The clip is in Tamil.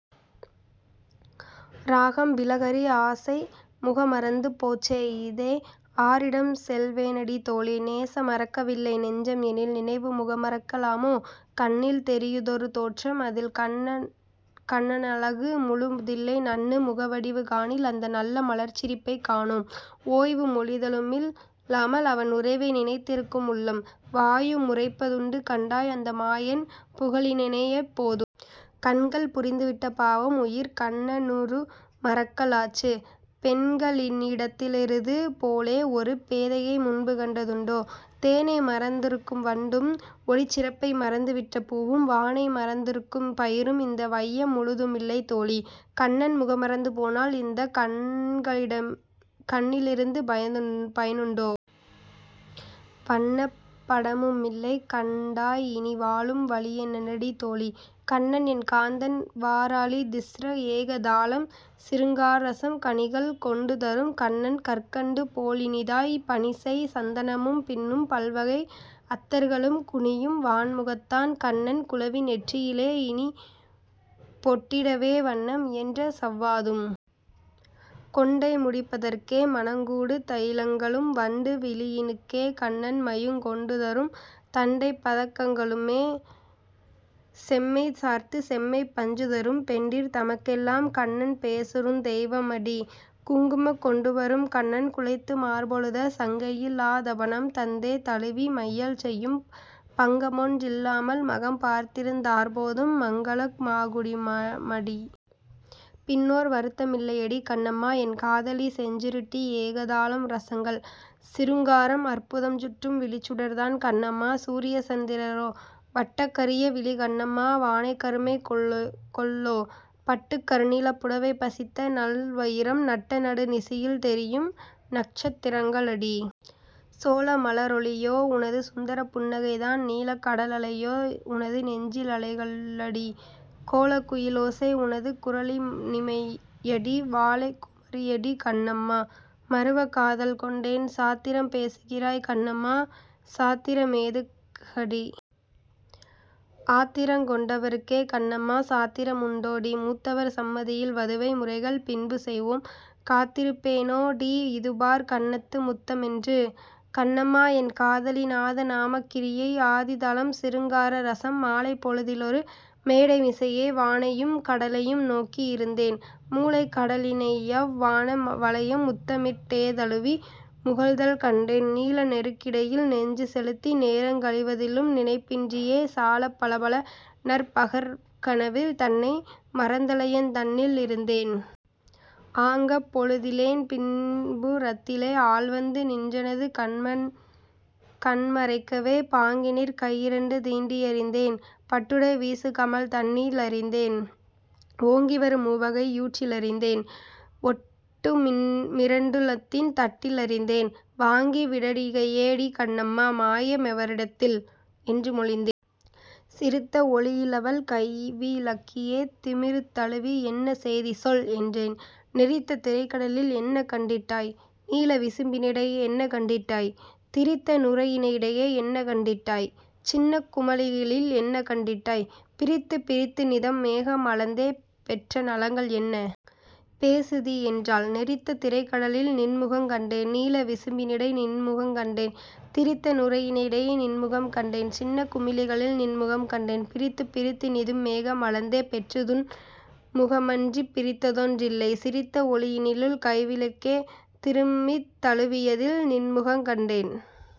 ராகம் பிலஹரி ஆசை முகமறந்து போச்சே இதை ஆரிடம் செல்வேனடி தோழி? நேச மறக்கவில்லை நெஞ்சம் எனில் நினைவு முகமறக்க லாமோ? கண்ணில் தெரியுதொரு தோற்றம் அதில் கண்ண னழகுமுழு தில்லை நண்ணு முகவடிவு காணில் அந்த நல்ல மலர்ச்சிரிப்பைக் காணோம். ஓய்வு மொழிதலுமில் லாமல் அவன் உறவை நினைத்திருக்கும் உள்ளம்; வாயு முரைப்ப துண்டு கண்டாய் அந்த மாயன் புகழினையெப் போதும். கண்கள் புரிந்துவிட்ட பாவம் உயிர்க் கண்ண னுருமறக்க லாச்சு; பெண்க ளினிடத்திலிது போலே ஒரு பேதையை முன்புகண்ட துண்டோ? தேனை மறந்திருக்கும் வண்டும் ஒளிச் சிறப்பை மறந்துவிட்ட பூவும் வானை மறந்திருக்கும் பயிரும் இந்த வைய முழுதுமில்லை தோழி!. கண்ணன் முகம்மறந்து போனால் இந்தக் கண்ணிளிருந்து பயனுண்டோ? வண்ணப் படமுமில்லை கண்டாய் இனி வாழும் வழியென்னடி தோழி?. கண்ணன் என் காந்தன் வராளி திஸ்ர ஏக தாளம் சிருங்கார ரசம் கனிகள் கொண்டுதரும் கண்ணன் கற்கண்டு போலினிதாய்; பனிசெய் சந்தனமும் பின்னும் பல்வகை அத்தர்களும், குனியும் வாண்முகத்தான் கண்ணன் குலவி நெற்றியிலே இனிய பொட்டிடவே வண்ணம் இயன்ற சவ்வாதும். கொண்டை முடிப்பதற்கே; மணங் கூடு தயிலங்களும், வண்டு விழியினுக்கே கண்ணன் மையுங் கொண்டுதரும்; தண்டைப் பதக்கங்களுமே செம்மை சார்த்துசெம் பஞ்சுதரும்; பெண்டிர் தமக்கெல்லாம் கண்ணன் பேசருந் தெய்வமடீ! குங்குமங் கொண்டுவரும் கண்ணன் குழைத்து மார்பொழுத; சங்கையி லாதவணம் தந்தே தழுவி மையல் செய்யும்; பங்கமொன் றில்லாமல் மகம் பார்த்திருந் தாற்போதும்; மங்கள மாகுமடீ! பின்னோர் வருத்த மில்லையடி!.. கண்ணம்மா என் காதலி செஞ்சுருட்டி ஏகதாளம் ரசங்கள்: சிருங்காரம், அற்புதம் சுட்டும் விழிச்சுடர் தான், கண்ணம்மா! சூரிய சந்திர ரோ? வட்டக் கரிய விழி, கண்ணம்மா! வானக் கருமை கொல்லோ? பட்டுக் கருநீலப் புடவை பசித்த நல் வயிரம் நட்ட நடு நிசியில் தெரியும் நக்ஷத் திரங்க ளடீ! சோல மல ரொளியோ உனது சுந்தரப் புன்னகை தான் நீலக் கடலலையே உனது நெஞ்சி லலைக ளடீ! கோலக் குயி லோசை உனது குரலி னிமை யடீ! வாலைக் குமரி யடீ, கண்ணம்மா! மருவக் காதல் கொண்டேன். சாத்திரம் பேசுகிறாய், கண்ணம்மா! சாத்திர மேதுக் கடீ! ஆத்திரங் கொண்டவர்க்கே, கண்ணம்மா! சாத்திர முண்டோ டீ! மூத்தவர் சம்மதியில் வதுவை முறைகள் பின்பு செய்வோம்; காத்திருப் பேனோ டீ? இதுபார், கன்னத்து முத்த மென்று!. கண்ணம்மா என் காதலி நாதநாமக்கிரியை ஆதிதாளம் சிருங்கார ரசம் மாலைப் பொழுதிலொரு மேடை மிசையே வானையும் கடலையும் நோக்கி யிருந்தேன்; மூலைக் கடலினையவ் வான வளையம் முத்தமிட் டேதழுவி முகிழ்த்தல் கண்டேன்; நீல நெருக்கிடையில் நெஞ்சு செலுத்தி, நேரங் கழிவ திலும் நினைப்பின்றியே சாலப் பலபல நற் பகற்கனவில் தன்னை மறந்தலயந் தன்னில் இருந்தேன். ஆங்கப் பொழுதிலென் பின்பு றத்திலே, ஆள்வந்து நின்றெனது கண்ம றைக்கவே, பாங்கினிற் கையிரண்டுந் தீண்டி யறிந்தேன். பட்டுடை வீசுகமழ் தன்னி லறிந்தேன், ஓங்கிவரு முவகை யூற்றி லறிந்தேன்; ஒட்டுமி ரண்டுளத்தின் தட்டி லறிந்தேன்; ''வாங்கி விடடிகையை யேடி கண்ணம்மா! மாய மெவரிடத்தில்? '' என்று மொழிந்தேன்.. சிரித்த ஒலியிலவள் கைவி லக்கியே திமிருத் தழுவி ''என்ன செய்தி சொல்'' என்றேன்; ''நெரித்த திரைக்கடலில் என்ன கண்டிட்டாய்? நீல விசும்பினிடை என்ன கண்டிட்டாய்? திரித்த நுரையினிடை என்ன கண்டிட்டாய்? சின்னக் குமிழிகளில் என்ன கண்டிட்டாய்? பிரித்துப் பிரித்துநிதம் மேகம் அளந்தே பெற்ற நலங்கள் என்ன? பேசுதி'' என்றாள். ''நெரித்த திரைக்கடலில் நின்முகங் கண்டேன்; நீல விசும்பினிடை நின்முகங் கண்டேன்; திரித்த நுரையினிடை நின்முகங் கண்டேன்; சின்னக் குமிழிகளில் நின்முகங் கண்டேன்; பிரித்துப் பிரித்துநிதம் மேகம் அளந்தே பெற்றுதுன் முகமன்றிப் பிறிதொன் றில்லை; சிரித்த ஒலியினிலுன் கைவி லக்கியே, திருமித் தழுவியதில் நின்முகங் கண்டேன்''..